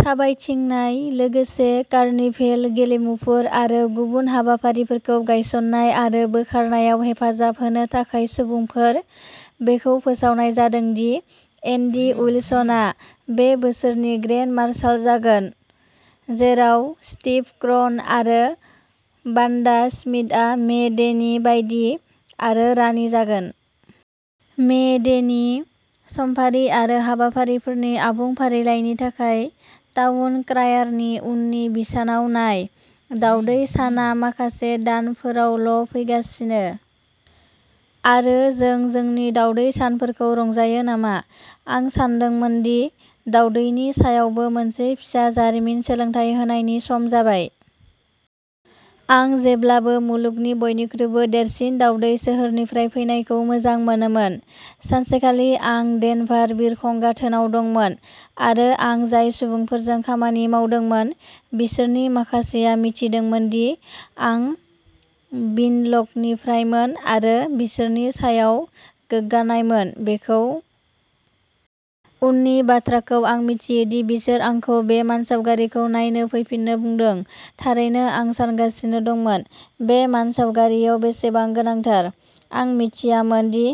थाबायथिंनाय, लोगोसे कार्निभेल गेलेमुफोर आरो गुबुन हाबाफारिफोरखौ गायसन्नाय आरो बोखारनायाव हेफाजाब होनो थाखाय सुबुंफोर। बेखौ फोसावनाय जादों दि एन्डि उइलसनआ बे बोसोरनि ग्रेन्ड मार्शाल जागोन, जेराव स्टिभ क्रन आरो वान्डा स्मिथआ मे डेनि बायदि आरो रानि जागोन। मे डेनि समफारि आरो हाबाफारिफोरनि आबुं फारिलाइनि थाखाय, टाउन क्रायारनि उननि बिसानाव नाय। दावदै सानआ माखासे दानफोरावल' फैगासिनो आरो जों जोंनि दावदै सानफोरखौ रंजायो नामा। आं सानदोंमोन दि दावदैनि सायावबो मोनसे फिसा जारिमिन सोलोंथाय होनायनि सम जाबाय। आं जेब्लाबो मुलुगनि बयनिख्रुइबो देरसिन दावदै सोहोरनिफ्राय फैनायखौ मोजां मोनोमोन। सानसेखालि आं डेनभार बिरखं गाथोनाव दंमोन आरो आं जाय सुबुंफोरजों खामानि मावदोंमोन बिसोरनि माखासेआ मिथिदोंमोन दि आं विनलकनिफ्रायमोन आरो बिसोरनि सायाव गोग्गानायमोन। बेखौ। उननि बाथ्राखौ आं मिथियो दि बिसोर आंखौ बे मानसावगारिखौ नायनो फैफिननो बुंदों, थारैनो आं सानगासिनो दंमोन बे मानसावगारियाव बेसेबां गोनांथार? आं मिथियामोन दि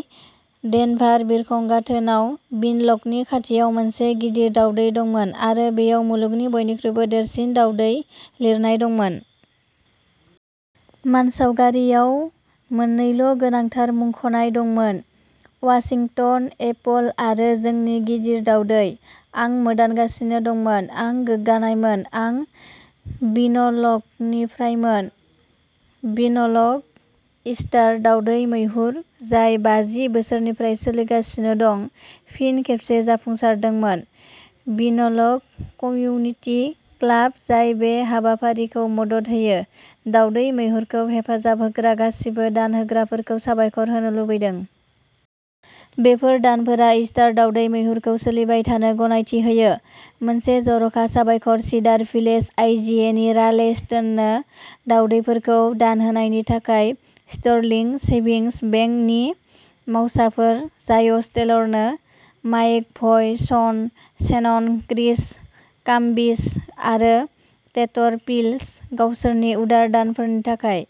डेनभार बिरखं गाथोनाव विनलकनि खाथियाव मोनसे गिदिर दावदै दंमोन आरो बेयाव मुलुगनि बयनिख्रुइबो देरसिन दावदै लिरनाय दंमोन। मानसावगारियाव मोननैल' गोनांथार मुंख'नाय दंमोन, वाशिंटन एपल आरो जोंनि गिदिर दावदै आं मोदानगासिनो दंमोन, आं गोग्गानायमोन, आं विनलकनिफ्रायमोन विनलक इस्टार दावदै मैहुर, जाय बाजि बोसोरनिफ्राय सोलिगासिनो दं, फिन खेबसे जाफुंसारदोंमोन। विनलक कमिउनिटि क्लाब, जाय बे हाबाफारिखौ मदद होयो, दावदै मैहुरखौ हेफाजाब होग्रा गासिबो दान होग्राफोरखौ साबायखर होनो लुबैदों। बेफोर दानफोरा इस्टार दावदै मैहुरखौ सोलिबाय थानो गनायथि होयो। मोनसे जर'खा साबायखर सिडार भिलेज आइजिएनि राले स्टोननो, दावदैफोरखौ दान होनायनि थाखाय, स्टर्लिंग सेभिंस बेंक नि मावसाफोर जायस टेलरनो, माइक भइ, शन शेनन, क्रिस काम्बिच आरो टेटर पिल्ज, गावसोरनि उदार दानफोरनि थाखाय।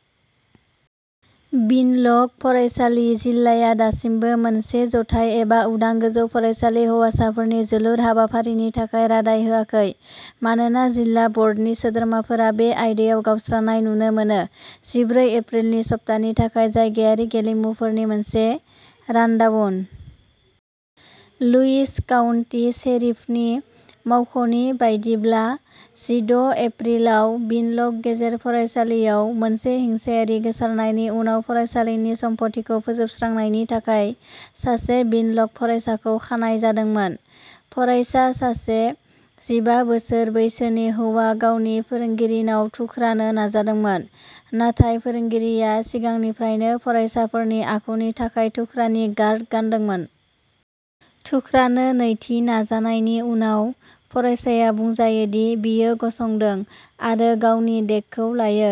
विनलक फरायसालि जिल्लाया दासिमबो मोनसे जथाय एबा उदां गोजौ फरायसालि हौवासाफोरनि जोलुर हाबाफारिनि थाखाय रादाय होआखै मानोना जिल्ला बर्डनि सोद्रोमाफोरा बे आयदायाव गावस्रानाय नुनो मोनो। जिब्रै एप्रिलनि सप्तानि थाखाय जायगायारि गेलेमुफोरनि मोनसे रानडाउन। लुइस काउन्टि शेरिफनि मावख'नि बायदिब्ला, जिद' एप्रिलाव विनलक गेजेर फरायसालिआव मोनसे हिंसायारि गोसारनायनि उनाव फरायसालिनि सम्फथिखौ फोजोबस्रांनायनि थाखाय सासे विनलक फरायसाखौ खानाय जादोंमोन। फरायसा, सासे जिबा बोसोर बैसोनि हौवा, गावनि फोरोंगिरिनाव थुख्रानो नाजादोंमोन, नाथाय फोरोंगिरिआ सिगांनिफ्राइनो फरायसाफोरनि आखुनि थाखाय थुख्रानि गार्ड गानदोंमोन। थुख्रानो नैथि नाजानायनि उनाव, फरायसाया बुंजायो दि बियो गसंदों आरो गावनि डेकखौ लायो,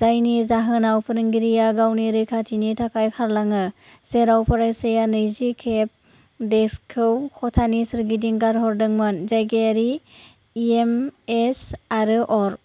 जायनि जाहोनाव फोरोंगिरिआ गावनि रैखाथिनि थाखाय खारलाङो, जेराव फरायसाया नैजि खेब डेस्कखौ खथानि सोरगिदिं गारहरदोंमोन। जायगायारि इएमएस आरो अर।